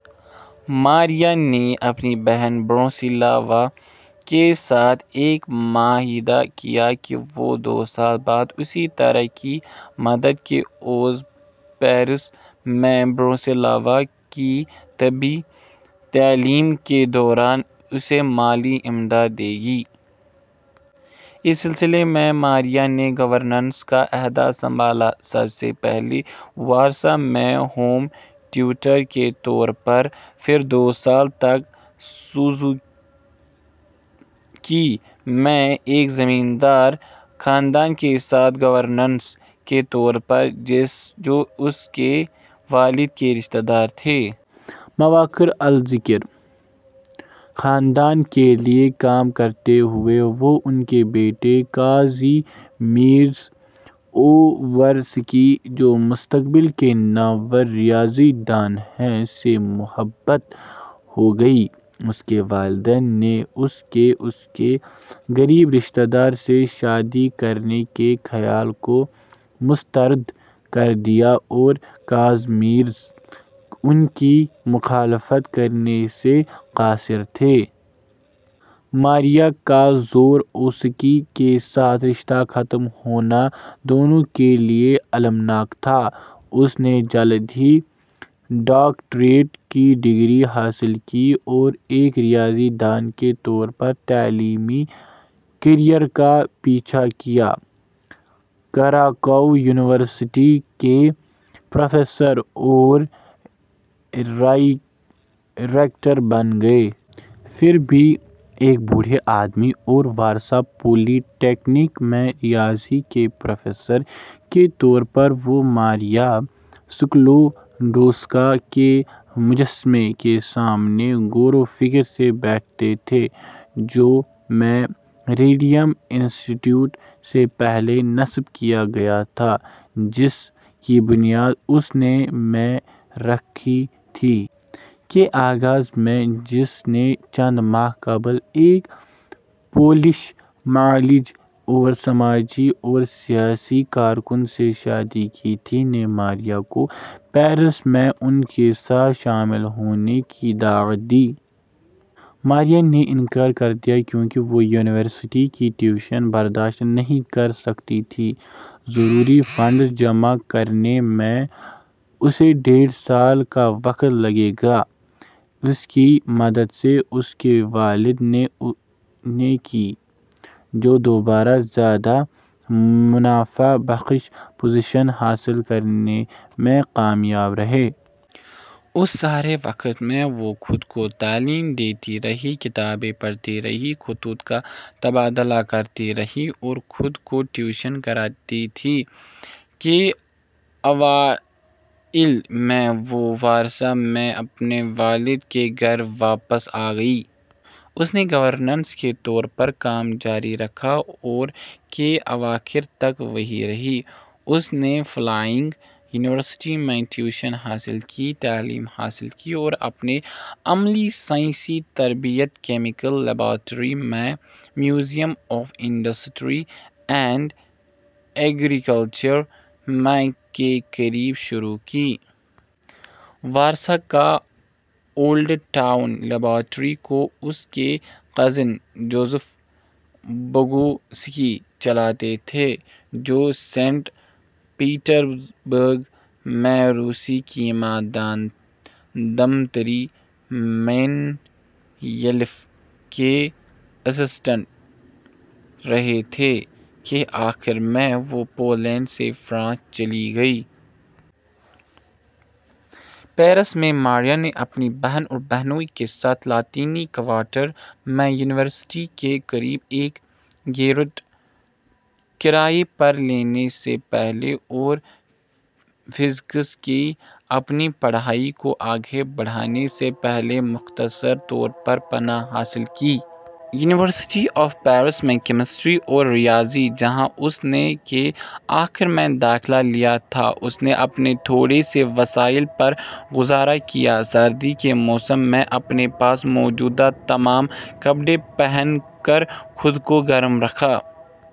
ماریا نے اپنی بہن، برونیسلاوا کے ساتھ ایک معاہدہ کیا کہ وہ دو سال بعد اسی طرح کی مدد کے عوض پیرس میں برونیسلاوا کی طبی تعلیم کے دوران اسے مالی امداد دے گی۔ اس سلسلے میں، ماریہ نے گورننس کا عہدہ سنبھالا: سب سے پہلے وارسا میں ہوم ٹیوٹر کے طور پر؛ پھر دو سال تک سوزوکی میں ایک زمیندار خاندان کے ساتھ گورننس کے طور پر، جو اس کے والد کے رشتہ دار تھے۔ مؤخر الذکر خاندان کے لیے کام کرتے ہوئے، وہ ان کے بیٹے، کازیمیرز اوورسکی، جو مستقبل کے نامور ریاضی دان ہیں، سے محبت ہو گئی۔ اس کے والدین نے اس کے اس کے غریب رشتہ دار سے شادی کرنے کے خیال کو مسترد کر دیا اور کازیمیرز ان کی مخالفت کرنے سے قاصر تھے۔ ماریا کا زوراوسکی کے ساتھ رشتہ ختم ہونا دونوں کے لیے المناک تھا۔ اس نے جلد ہی ڈاکٹریٹ کی ڈگری حاصل کی اور ایک ریاضی دان کے طور پر تعلیمی کیریئر کا پیچھا کیا، کراکاؤ یونیورسٹی کے پروفیسر اور ریکٹر بن گئے۔ پھر بھی، ایک بوڑھے آدمی اور وارسا پولی ٹیکنک میں ریاضی کے پروفیسر کے طور پر، وہ ماریہ سکلوڈوسکا کے مجسمے کے سامنے غور و فکر سے بیٹھتے تھے جو میں ریڈیم انسٹی ٹیوٹ سے پہلے نصب کیا گیا تھا، جس کی بنیاد اس نے میں رکھی تھی۔ کے آغاز میں، جس نے چند ماہ قبل ایک پولش معالج اور سماجی اور سیاسی کارکن، سے شادی کی تھی، نے ماریا کو پیرس میں ان کے ساتھ شامل ہونے کی دعوت دی۔ ماریہ نے انکار کر دیا کیونکہ وہ یونیورسٹی کی ٹیوشن برداشت نہیں کر سکتی تھی۔ ضروری فنڈز جمع کرنے میں اسے ڈیڑھ سال کا وقت لگے گا۔ اس کی مدد اس کے والد نے کی، جو دوبارہ زیادہ منافع بخش پوزیشن حاصل کرنے میں کامیاب رہے۔ اس سارے وقت میں وہ خود کو تعلیم دیتی رہی، کتابیں پڑھتی رہی، خطوط کا تبادلہ کرتی رہی اور خود کو ٹیوشن کرتی رہی۔ کے اوائل میں وہ وارسا میں اپنے والد کے گھر واپس آگئی۔ اس نے گورننس کے طور پر کام جاری رکھا اور کے اواخر تک وہیں رہی۔ اس نے فلائنگ یونیورسٹی میں ٹیوشن حاصل کی، تعلیم حاصل کی اور اپنی عملی سائنسی تربیت کیمیکل لیبارٹری میں museum of industry and agriculture میں کے قریب شروع کی۔ وارسا کا اولڈ ٹاؤن۔ لیبارٹری کو اس کے کزن جوزف بوگوسکی چلاتے تھے، جو سینٹ پیٹرزبرگ میں روسی کیمیا دان دمتری مینڈیلیف کے اسسٹنٹ رہے تھے۔ کے آخر میں، وہ پولینڈ سے فرانس چلی گئیں۔ پیرس میں، ماریا نے اپنی بہن اور بہنوئی کے ساتھ لاطینی کوارٹر میں، یونیورسٹی کے قریب ایک گیرٹ کرائے پر لینے سے پہلے اور فزکس کی اپنی پڑھائی کو آگے بڑھانے سے پہلے مختصر طور پر پناہ حاصل کی۔ یونیورسٹی آف پیرس میں کیمسٹری اور ریاضی، جہاں اس نے کے آخر میں داخلہ لیا تھا۔ اس نے اپنے تھوڑے سے وسائل پر گزارہ کیا، سردی کے موسم میں اپنے پاس موجود تمام کپڑے پہن کر خود کو گرم رکھا۔